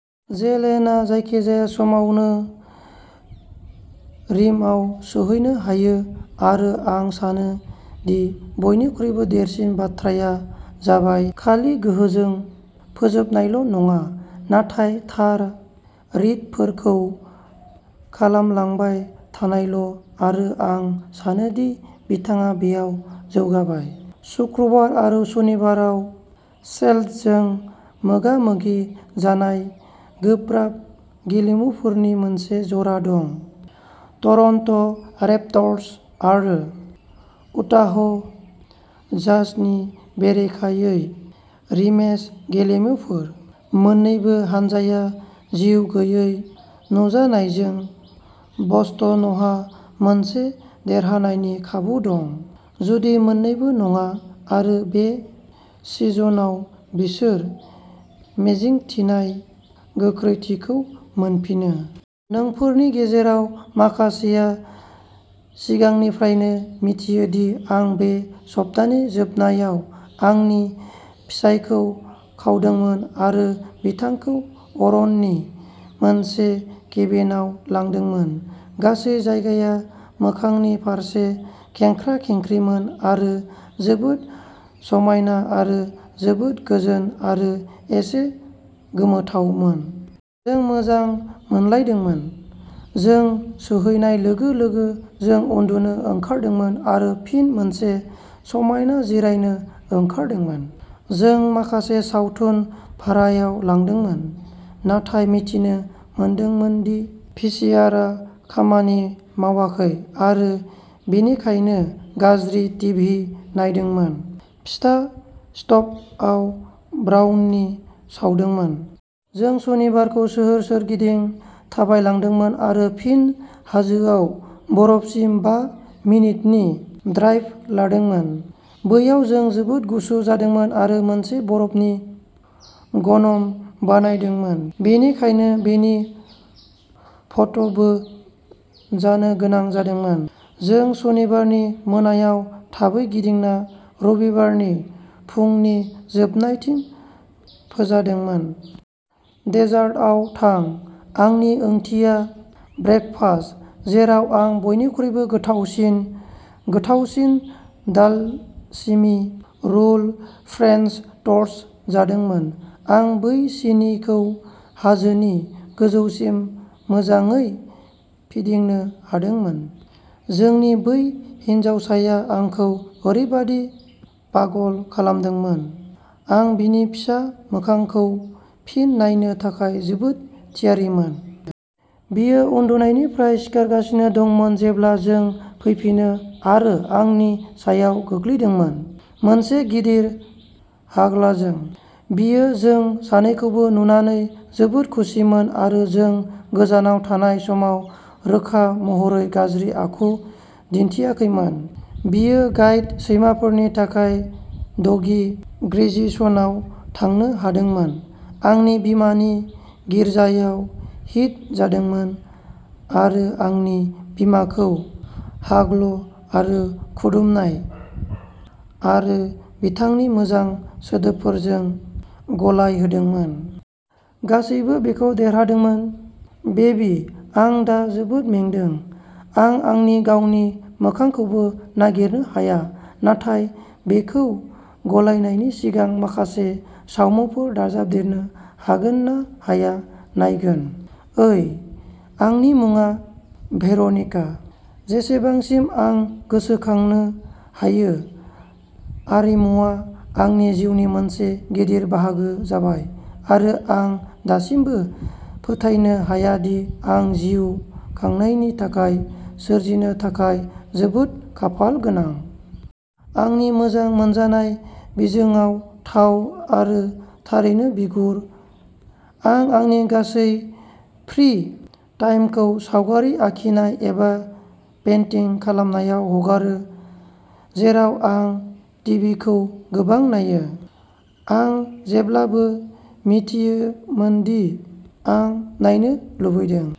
जेलेनआ जायखिजाया समावनो रिमआव सौहैनो हायो आरो आं सानो दि बयनिख्रुइबो देरसिन बाथ्राया जाबाय खालि गोहोजों फोजोबनायल' नङा, नाथाय थार रिडफोरखौ खालामलांबाय थानायल' आरो आं सानो दि बिथाङा बेयाव जौगाबाय। "सुक्रुबार आरो सनिबाराव सेल्ट्सजों मोगा-मोगि जानाय गोब्राब गेलेमुफोरनि मोनसे जरा दं, टरन्ट'रेप्टर्स आरो उटाह जाजनि बेरेखायै रिमेच गेलेमुफोर; मोन्नैबो हानजाया जिउ गैयै नुजानायजों, बस्टनहा मोनसे देरहानायनि खाबु दं, जुदि मोन्नैबो नङा आरो बे सिजनआव बिसोर मिजिंथिनाय गोख्रैथिखौ मोनफिननो। नोंफोरनि गेजेराव माखासेआ सिगांनिफ्रायनो मिथियो दि आं बे सप्तानि जोबनायाव आंनि फिसायखौ खावदोंमोन आरो बिथांखौ अरननि मोनसे केबिनआव लांदोंमोन। गासै जायगाया मोखांनि फारसे खेंख्रा-खेंख्रिमोन आरो जोबोद समायना आरो जोबोद गोजोन आरो एसे गोमोथावमोन। जों मोजां मोनलायदोंमोन। जों सौहैनाय लोगो-लोगो, जों उन्दुनो ओंखारदोंमोन आरो फिन मोनसे समायना जिरायनो ओंखारदोंमोन। जों माखासे सावथुन भारायाव लादोंमोन, नाथाय मिथिनो मोनदोंमोन दि भिसिआरआ खामानि मावाखै आरो बेनिखायनो गाज्रि टिभि नायदोंमोन, फिसा स्ट'भआव ब्राउनि सावदोंमोन। जों सनिबारखौ सोहोर सोरगिदिं थाबायलांदोंमोन आरो फिन हाजोआव बरफसिम बा मिनिटनि ड्राइभ लादोंमोन, बैयाव जों जोबोद गुसु जादोंमोन आरो मोनसे बरफनि ग'नम बानायदोंमोन। बेनिखायनो बेनि फट'बो जानो गोनां जादोंमोन। जों सनिबारनि मोनायाव थाबै गिदिंना रबिबारनि फुंनि जोबनायथिं फोजादोंमोन। डेजार्टआव थां, आंनि ओंथिया ब्रेकफास्ट, जेराव आं बयनिख्रुइ गोथावसिन, गोथावसिन दालसिनि र'ल फ्रेन्स ट'स्ट जादोंमोन आं बै सिनिखौ हाजोनि गोजौसिम मोजांङै फिदिंनो हादोंमोन। जोंनि बै हिनजावसाया आंखौ ओरैबादि पागल खालामदोंमोन, आं बिनि फिसा मोखांखौ फिन नायनो थाखाय जोबोद थियारिमोन। बियो उन्दुनायनिफ्राय सिखारगासिनो दंमोन जेब्ला जों फैफिनो आरो आंनि सायाव गोग्लैदोंमोन। मोनसे गिदिर हाग्लाजों। बियो जों सानैखौबो नुनानै जोबोद खुसिमोन आरो जों गोजानाव थानाय समाव रोखा महरै गाज्रि आखु दिन्थियाखैमोन। बियो गाइड सैमाफोरनि थाखाय डगी ग्रेजुवेशनाव थांनो हादोंमोन, आंनि बिमानि गिर्जायाव हिट जादोंमोन आरो आंनि बिमाखौ हाग्ल' आरो खुदुमनाय आरो बिथांनि मोजां सोदोबफोरजों गलाइहोदोंमोन। गासैबो बेखौ देरहादोंमोन, बेबि आं दा जोबोद मेंदों, आं आंनि गावनि मोखांखौबो नागिरनो हाया, नाथाय बेखौ गलायनायनि सिगां माखासे सावमुफोर दाजाबदेरनो हागोन ना हाया नायगोन। ओइ, आंनि मुङा भेर'निका! जेसेबांसिम आं गोसोखांनो हायो आरिमुआ आंनि जिउनि मोनसे गिदिर बाहागो जाबाय आरो आं दासिमबो फोथायनो हाया दि आं जिउ खांनायनि थाखाय सोरजिनो थाखाय जोबोद खाफालगोनां। आंनि मोजां मोनजानाय बिजोंआ थाव आरो थारैनो बिगुर। आं आंनि गासै फ्रि-टाइमखौ सावगारि आखिनाय एबा पेन्टिं खालामनायाव हगारो, जेराव आं टिभिखौ गोबां नायो। आं जेब्लाबो मिथियोमोन दि आं नायनो लुबैदों।